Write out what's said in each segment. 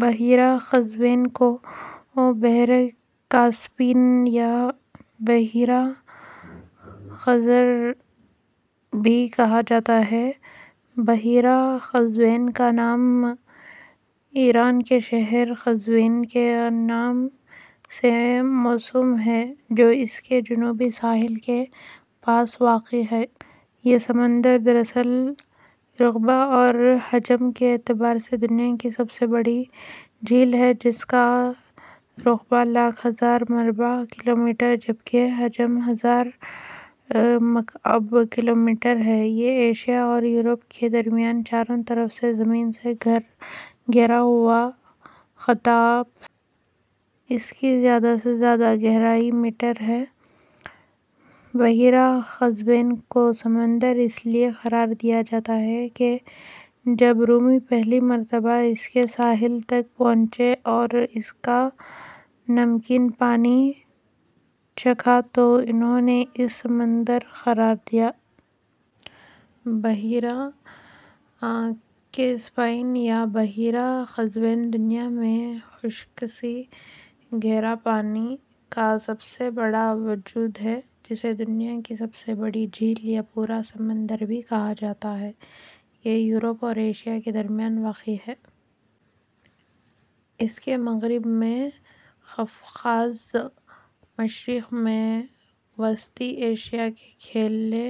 بحیرہ قزوین کو بحیرہ کاسپین یا بحیرہ خزر بھی کہا جاتا ہے۔ بحیرہ قزوین کا نام ایران کے شہر قزوین کے نام سے موسوم ہے، جو اس کے جنوبی ساحل کے پاس واقع ہے۔ یہ سمندر دراصل رقبے اور حجم کے اعتبار سے دنیا کی سب سے بڑی جھیل ہے، جس کا رقبہ لاکھ ہزار مربع کلومیٹر جبکہ حجم ہزار مکعب کلومیٹر ہے۔ یہ ایشیا اور یورپ کے درمیان چاروں طرف سے زمین سے گھرا ہوا خطہ آب ہے۔ اس کی زیادہ سے زیادہ گہرائی میٹر ہے۔ بحیرہ قزوین کو سمندر اس لیے قرار دیا جاتا ہے کہ جب رومی پہلی مرتبہ اس کے ساحل تک پہنچے اور اس کا نمکین پانی چکھا تو انھوں نے اسے سمندر قرار دیا۔ بحیرہ کیسپیئن یا بحیرہ قزوین دنیا میں خشکی سے گھرا پانی کا سب سے بڑا وجود ہے جسے دنیا کی سب سے بڑی جھیل یا پورا سمندر بھی کہا جاتا ہے۔ یہ یورپ اور ایشیا کے درمیان واقع ہے۔ اس کے مغرب میں قفقاز ، مشرق میں وسطی ایشیا کے کھلے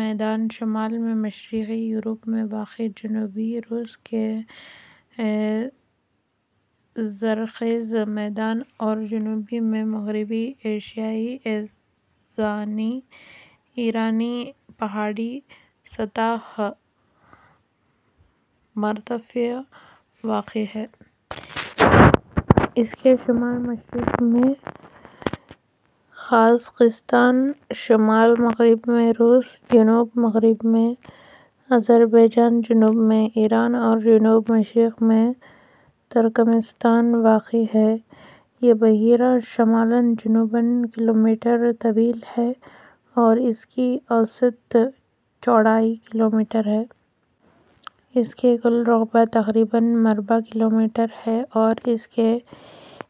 میدان، شمال میں مشرقی یورپ میں واقع جنوبی روس کے زرخیز میدان اور جنوب میں مغربی ایشیائی ایرانی پہاڑی سطح مرتفع واقع ہیں۔ اس کے شمال مشرق میں قازقستان ، شمال مغرب میں روس ، جنوب مغرب میں آذربائیجان ، جنوب میں ایران اور جنوب مشرق میں ترکمانستان واقع ہیں۔ یہ بحیرہ شمالاً جنوباً ، کلومیٹر طویل ہے اور اس کی اوسط چوڑائی کلومیٹر ہے۔ اس کا کل رقبہ تقریباً ،، مربع کلومیٹر ہے اور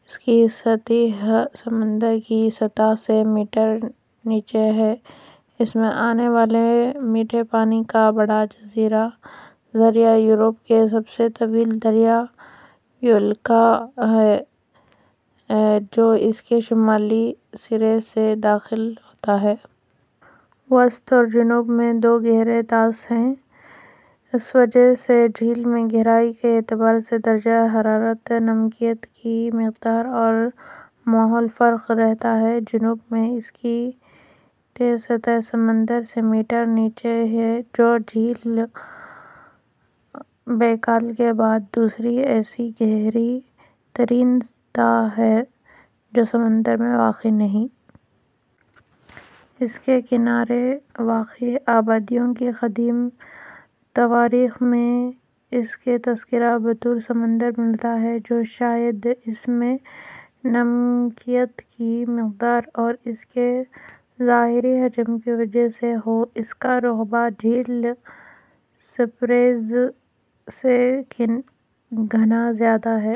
اس کی سطح سمندر کی سطح سے میٹر نیچے ہے۔ اس میں آنے والے میٹھے پانی کا بڑا ذریعہ یورپ کا سب سے طویل دریا وولگا ہے جو اس کے شمالی سرے سے داخل ہوتا ہے۔ وسط اور جنوب میں دو گہرے طاس ہیں۔ اس وجہ سے جھیل میں گہرائی کے اعتبار سے درجہ حرارت، نمکیات کی مقدار اور ماحول فرق رہتا ہے۔ جنوب میں اس کی تہ سطح سمندر سے ، میٹر نیچے ہے جو جھیل بیکال کے بعد دوسری ایسی گہری ترین تہ ہے جو سمندر میں واقع نہیں۔ اس کے کنارے واقع آبادیوں کی قدیم تواریخ میں اس کا تذکرہ بطور سمندر ملتا ہے جو شاید اس میں نمکیات کی مقدار اور اس کے ظاہری حجم کی وجہ سے ہو۔ اس کا رقبہ جھیل سپیریئر سے گنا زیادہ ہے۔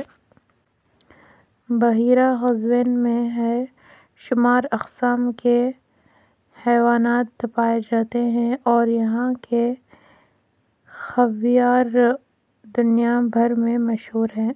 بحیرہ قزوین میں بے شمار اقسام کے حیوانات پائے جاتے ہیں اور یہاں کا خاویار دنیا بھر میں مشہور ہیں۔